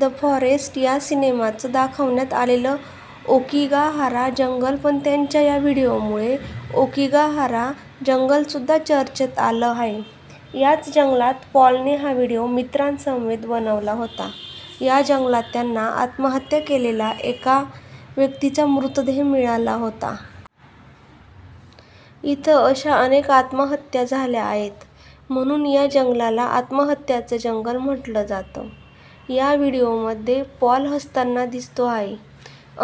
The forest या सिनेमाच दाखवण्यात आलेलं ओकिगाहारा जंगल पण त्याच्या या व्हीडिओमुळे ओकिगाहारा जंगलसुद्धा चर्चेत आलं आहे. याच जंगलात पॉलने हा व्हीडिओ मित्रांसमवेत बनवला होता. या जंगलात त्यांना आत्महत्या केलेल्या एका व्यक्तीचा मृतदेह मिळाला होता. इथं अशा अनेक आत्महत्या झाल्या आहेत, म्हणून या जंगलाला आत्महत्यांचं जंगल म्हटलं जातं. या व्हीडिओमध्ये पॉल हसताना दिसतो आहे.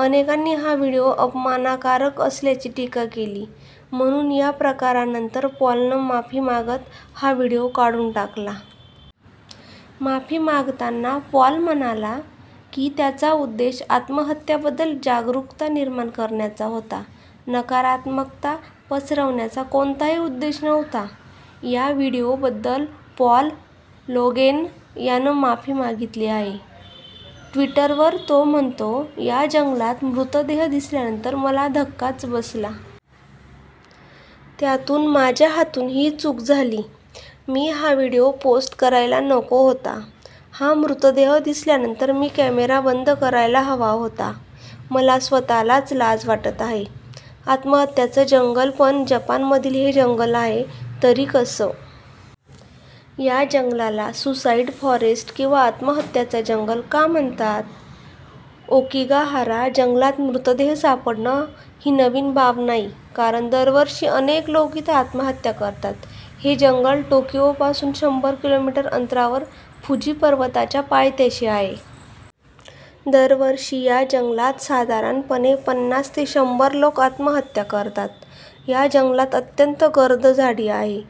अनेकांनी हा व्हीडिओ अपमानकारक असल्याची टीका केली. म्हणून या प्रकारानंतर पॉलनं माफी मागत हा व्हीडिओ काढून टाकला. माफी मागताना पॉल म्हणाला की त्याचा उद्देश आत्महत्यांबद्दल जागरूकता निर्माण करण्याचा होता, नकारात्मकता पसरवण्याचा कोणताही उद्देश नव्हता. या व्हीडिओबद्दल पॉल लोगेन यानं माफी मागितली आहे. ट्विटरवर तो म्हणतो, या जंगलात मृतदेह दिसल्यानंतर मला धक्काच बसला. त्यातून माझ्या हातून ही चूक झाली. मी हा व्हीडिओ पोस्ट करायला नको होता. हा मृतदेह दिसल्यानंतर मी कॅमेरा बंद करायला हवा होता. मला स्वतःलाच लाज वाटत आहे. आत्महत्यांचं जंगल पण जपानमधील हे जंगल आहे तरी कसं? या जंगलाला सुसाईड फॉरेस्ट किंवा आत्महत्यांचं जंगल का म्हणतात? ओकिगाहारा जंगलात मृतदेह सापडणं ही नवीन बाब नाही. कारण दरवर्षी अनेक लोक इथं आत्महत्या करतात. हे जंगल टोकिओपासून शंभर किलोमीटर अंतरावर फुजी पर्वताच्या पायथ्याशी आहे. दरवर्षी या जंगलात साधारणपणे पन्नास ते शंभर लोक आत्महत्या करतात. या जंगलात अत्यंत गर्द झाडी आहे.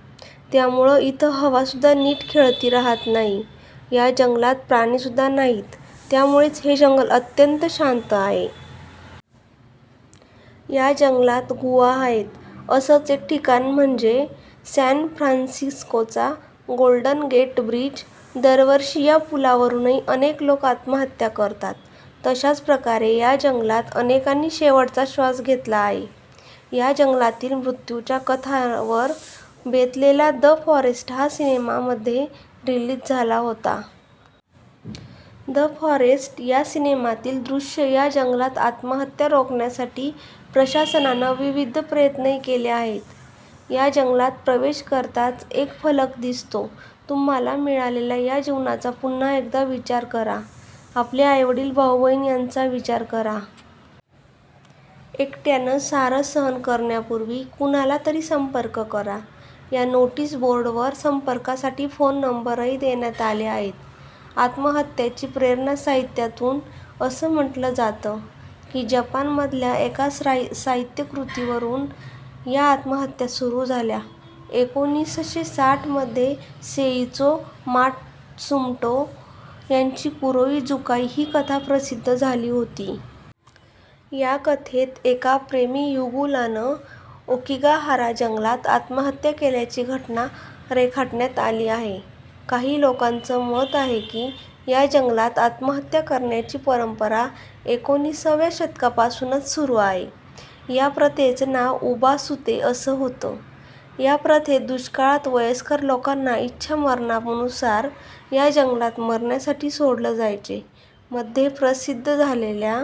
त्यामुळं इथं हवासुद्धा नीट खेळती राहत नाही. या जंगलात प्राणीसुद्धा नाहीत. त्यामुळेच हे जंगल अत्यंत शांत आहे. या जंगलात गुहा आहेत. असंच एक ठिकाण म्हणजे सॅनफ्रान्सिस्कोचा गोल्डन गेट ब्रिज. दरवर्षी या पुलावरूनही अनेक लोक आत्महत्या करतात. तशाच प्रकारे या जंगलात अनेकांनी शेवटचा श्वास घेतला आहे. या जंगलातील मृत्यूंच्या कथांवर बेतलेला द फॉरेस्ट हा सिनेमा मध्ये रिलीज झाला होता. द फॉरेस्ट या सिनेमातील दृश्य या जंगलात आत्महत्या रोखण्यासाठी प्रशासनानं विविध प्रयत्नही केले आहेत. या जंगलात प्रवेश करताच एक फलक दिसतो तुम्हाला मिळालेल्या या जीवनाचा पुन्हा एकदा विचार करा. आपले आई वडील, भाऊ बहीण यांचा विचार करा. एकट्यानं सारं सहन करण्यापूर्वी कुणाला तरी संपर्क करा. या नोटीस बोर्डवर संपर्कासाठी फोन नंबरही देण्यात आले आहेत. आत्महत्यांची प्रेरणा साहित्यातून? असं म्हटलं जातं की जपानमधल्या एका साहित्यकृतीवरून या आत्महत्या सुरू झाल्या. एकोणीसशे साठमध्ये सेइचो माट्सुमोटो यांची कुरोई जुकाई ही कथा प्रसिद्ध झाली होती. या कथेत एका प्रेमीयुगुलानं ओकिगाहारा जंगलात आत्महत्या केल्याची घटना रेखाटण्यात आली आहे. काही लोकांचं मत आहे की, या जंगलात आत्महत्या करण्याची परंपरा एकोणीसव्या शतकापासूनच सुरू आहे. या प्रथेचं नाव उबासुते असं होतं. या प्रथेत दुष्काळात वयस्कर लोकांना इच्छा मरणानुसार या जंगलात मरण्यासाठी सोडलं जायचे. मध्ये प्रसिद्ध झालेल्या